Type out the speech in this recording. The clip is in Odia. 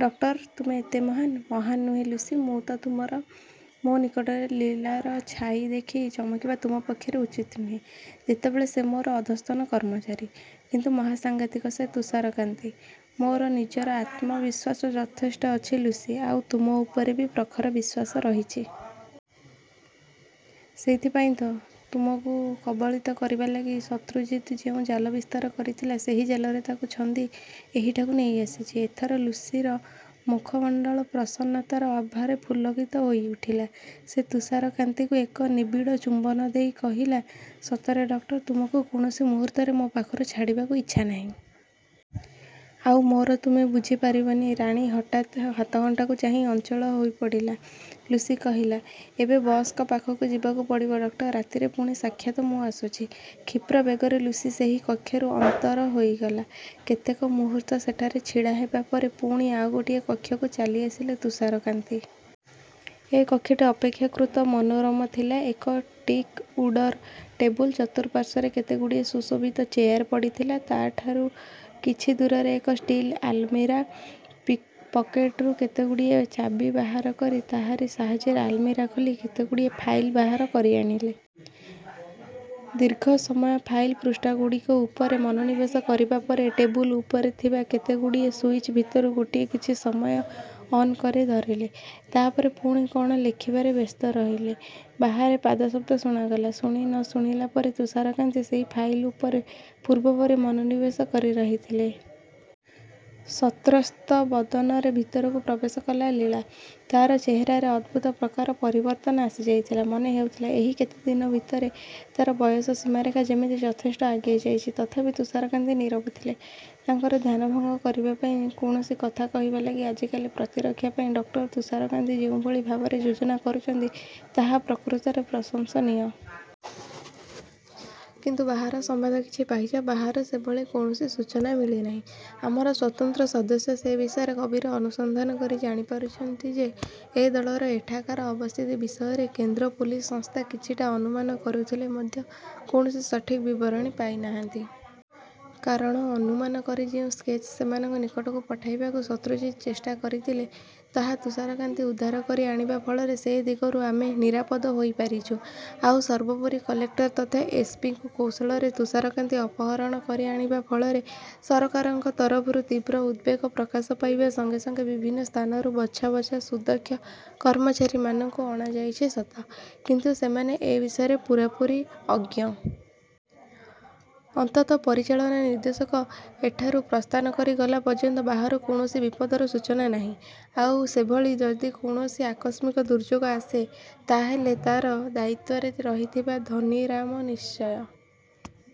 ଡକ୍ଟର, ତୁମେ ଏତେ ମହାନ୍! ମହାନ୍ ନୁହେଁ ଲୁସି, ମୁଁ ତ ତୁମର। ମୋ ନିକଟରେ ଲୀଳାର ଛାଇ ଦେଖି ଚମକିବା ତୁମ ପକ୍ଷରେ ଉଚିତ୍ ନୁହେଁ, ଯେତେବେଳେ ସେ ମୋର ଅଧସ୍ତନ କର୍ମଚାରୀ। କିନ୍ତୁ ମହାସାଙ୍ଘାତିକ ସେ ତୁଷାରକାନ୍ତି! ମୋର ନିଜର ଆତ୍ମବିଶ୍ୱାସ ଯଥେଷ୍ଟ ଅଛି ଲୁସି, ଆଉ ତୁମ ଉପରେ ବି ପ୍ରଖର ବିଶ୍ୱାସ ରହିଛି। ସେଇଥିପାଇଁ ତ ତୁମକୁ କବଳିତ କରିବା ଲାଗି ଶତ୍ରୁଜିତ୍ ଯେଉଁ ଜାଲ ବିସ୍ତାର କରିଥିଲା, ସେହି ଜାଲରେ ତାକୁ ଛନ୍ଦି ଏହିଠାକୁ ନେଇ ଆସିଛି। ଏଥର ଲୁସିର ମୁଖମଣ୍ଡଳ ପ୍ରସନ୍ନତାର ଆଭାରେ ପୁଲକିତ ହୋଇଉଠିଲା। ସେ ତୁଷାରକାନ୍ତିଙ୍କୁ ଏକ ନିବିଡ଼ ଚୁମ୍ବନ ଦେଇ କହିଲା, ସତରେ ଡକ୍ଟର, ତୁମକୁ କୌଣସି ମୁହୂର୍ତ୍ତରେ ମୋ ପାଖରୁ ଛାଡ଼ିବାକୁ ଇଚ୍ଛା ନାହିଁ। ଆଉ ମୋର ତୁମେ ବୁଝିପାରିବନି ରାଣୀ ହଠାତ୍ ହାତଘଣ୍ଟାକୁ ଚାହିଁ ଅଞ୍ଚଳ ହୋଇପଡ଼ି ଲୁସି କହିଲା, ଏବେ ବସ୍‌ଙ୍କ ପାଖକୁ ଯିବାକୁ ପଡ଼ିବ ଡକ୍ଟର। ରାତିରେ ପୁଣି ସାକ୍ଷାତ, ମୁଁ ଆସୁଛି। କ୍ଷିପ୍ର ବେଗରେ ଲୁସି ସେହି କକ୍ଷରୁ ଅନ୍ତର ହୋଇଗଲା। କେତେକ ମୁହୂର୍ତ୍ତ ସେଠାରେ ଛିଡ଼ା ହେବା ପରେ ପୁଣି ଆଉ ଗୋଟିଏ କକ୍ଷକୁ ଚାଲିଆସିଲେ ତୁଷାରକାନ୍ତି। ଏ କକ୍ଷଟି ଅପେକ୍ଷାକୃତ ମନୋରମ ଥିଲା। ଏକ ଟିକ୍ ଉଡ୍‌ର ଟେବୁଲ୍ ଚତୁଃପାର୍ଶ୍ୱରେ କେତେଗୁଡ଼ିଏ ସୁଶୋଭିତ ଚେୟାର ପଡ଼ିଥିଲା। ତା’ ଠାରୁ କିଛି ଦୂରରେ ଏକ ଷ୍ଟିଲ୍ ଆଲମିରା। ପକେଟ୍‌ରୁ କେତେଗୁଡ଼ିଏ ଚାବି ବାହାର କରି ତାହାରି ସାହାଯ୍ୟରେ ଆଲମିରା ଖୋଲି କେତେଗୁଡ଼ିଏ ଫାଇଲ୍ ବାହାର କରି ଆଣିଲେ। ଦୀର୍ଘ ସମୟ ଫାଇଲ୍‌ର ପୃଷ୍ଠାଗୁଡ଼ିକ ଉପରେ ମନୋନିବେଶ କରିବା ପରେ, ଟେବୁଲ୍ ଉପରେ ଥିବା କେତେଗୁଡ଼ିଏ ସୁଇଚ୍ ଭିତରୁ ଗୋଟିଏ କିଛି ସମୟ ଅନ୍ କରି ଧରିଲେ। ତା’ ପରେ ପୁଣି କ’ଣ ଲେଖିବାରେ ବ୍ୟସ୍ତ ରହିଲେ। ବାହାରେ ପାଦଶବ୍ଦ ଶୁଣାଗଲା। ଶୁଣି ନ ଶୁଣିଲା ପରି ତୁଷାରକାନ୍ତି ସେହି ଫାଇଲ୍ ଉପରେ ପୂର୍ବ ପରି ମନୋନିବେଶ କରି ରହିଥିଲେ। ସତ୍ରସ୍ତ ବଦନରେ ଭିତରକୁ ପ୍ରବେଶ କଲା ଲୀଳା। ତାର ଚେହେରାରେ ଅଦ୍ଭୁତ ପ୍ରକାର ପରିବର୍ତ୍ତନ ଆସିଯାଇଥିଲା। ମନେ ହେଉଥିଲା, ଏହି କେତେ ଦିନ ଭିତରେ ତାର ବୟସର ସୀମାରେଖା ଯେମିତି ଯଥେଷ୍ଟ ଆଗେଇ ଯାଇଛି। ତଥାପି ତୁଷାରକାନ୍ତି ନୀରବ ଥିଲେ। ତାଙ୍କର ଧ୍ୟାନଭଙ୍ଗ କରିବା ପାଇଁ କୌଣସି କଥା କହିବା ଲାଗି ଆଜିକାର ପ୍ରତିରକ୍ଷା ପାଇଁ ଡକ୍ଟର ତୁଷାରକାନ୍ତି ଯେଉଁଭଳି ଭାବରେ ଯୋଜନା କରିଛନ୍ତି, ତାହା ପ୍ରକୃତରେ ପ୍ରଶଂସନୀୟ। କିନ୍ତୁ ବାହାରର ସମ୍ବାଦ କିଛି ପାଇଛ? ବାହାରୁ ସେଭଳି କୌଣସି ସୂଚନା ମିଳି ନାହିଁ। ଆମର ସ୍ୱତନ୍ତ୍ର ସଦସ୍ୟ ସେ ବିଷୟରେ ଗଭୀର ଅନୁସନ୍ଧାନ କରି ଜାଣିପାରିଛନ୍ତି ଯେ, ଏ ଦଳର ଏଠାକାର ଅବସ୍ଥିତି ବିଷୟରେ କେନ୍ଦ୍ର ପୋଲିସ ସଂସ୍ଥା କିଛିଟା ଅନୁମାନ କରୁଥିଲେ ମଧ୍ୟ କୌଣସି ସଠିକ୍ ବିବରଣୀ ପାଇ ନାହାନ୍ତି। କାରଣ ଅନୁମାନ କରି ଯେଉଁ ସ୍କେଚ୍ ସେମାନଙ୍କ ନିକଟକୁ ପଠାଇବାକୁ ଶତ୍ରୁଜିତ୍ ଚେଷ୍ଟା କରିଥିଲେ, ତାହା ତୁଷାରକାନ୍ତି ଉଦ୍ଧାର କରି ଆଣିବା ଫଳରେ ସେ ଦିଗରୁ ଆମେ ନିରାପଦ ହୋଇପାରିଛୁ। ଆଉ ସର୍ବୋପରି କଲେକ୍ଟର ତଥା ଏସ୍ ପି ଙ୍କୁ କୌଶଳରେ ତୁଷାରକାନ୍ତି ଅପହରଣ କରି ଆଣିବା ଫଳରେ ସରକାରଙ୍କ ତରଫରୁ ତୀବ୍ର ଉଦ୍‌ବେଗ ପ୍ରକାଶ ପାଇବା ସଙ୍ଗେ ସଙ୍ଗେ ବିଭିନ୍ନ ସ୍ଥାନରୁ ବଛା ବଛା ସୁଦକ୍ଷ କର୍ମଚାରୀମାନଙ୍କୁ ଅଣାଯାଇଛି ସତ, କିନ୍ତୁ ସେମାନେ ଏ ବିଷୟରେ ପୂରାପୂରି ଅଜ୍ଞ। ଅନ୍ତତଃ ପରିଚାଳନା ନିର୍ଦ୍ଦେଶକ ଏଠାରୁ ପ୍ରସ୍ଥାନ କରି ଗଲା ପର୍ଯ୍ୟନ୍ତ ବାହାରୁ କୌଣସି ବିପଦର ସୂଚନା ନାହିଁ। ଆଉ ସେଭଳି ଯଦି କୌଣସି ଆକସ୍ମିକ ଦୁର୍ଯୋଗ ଆସେ, ତା’ ହେଲେ ତା’ର ଦାୟିତ୍ୱରେ ରହିଥିବା ଧନୀରାମ ନିଶ୍ଚୟ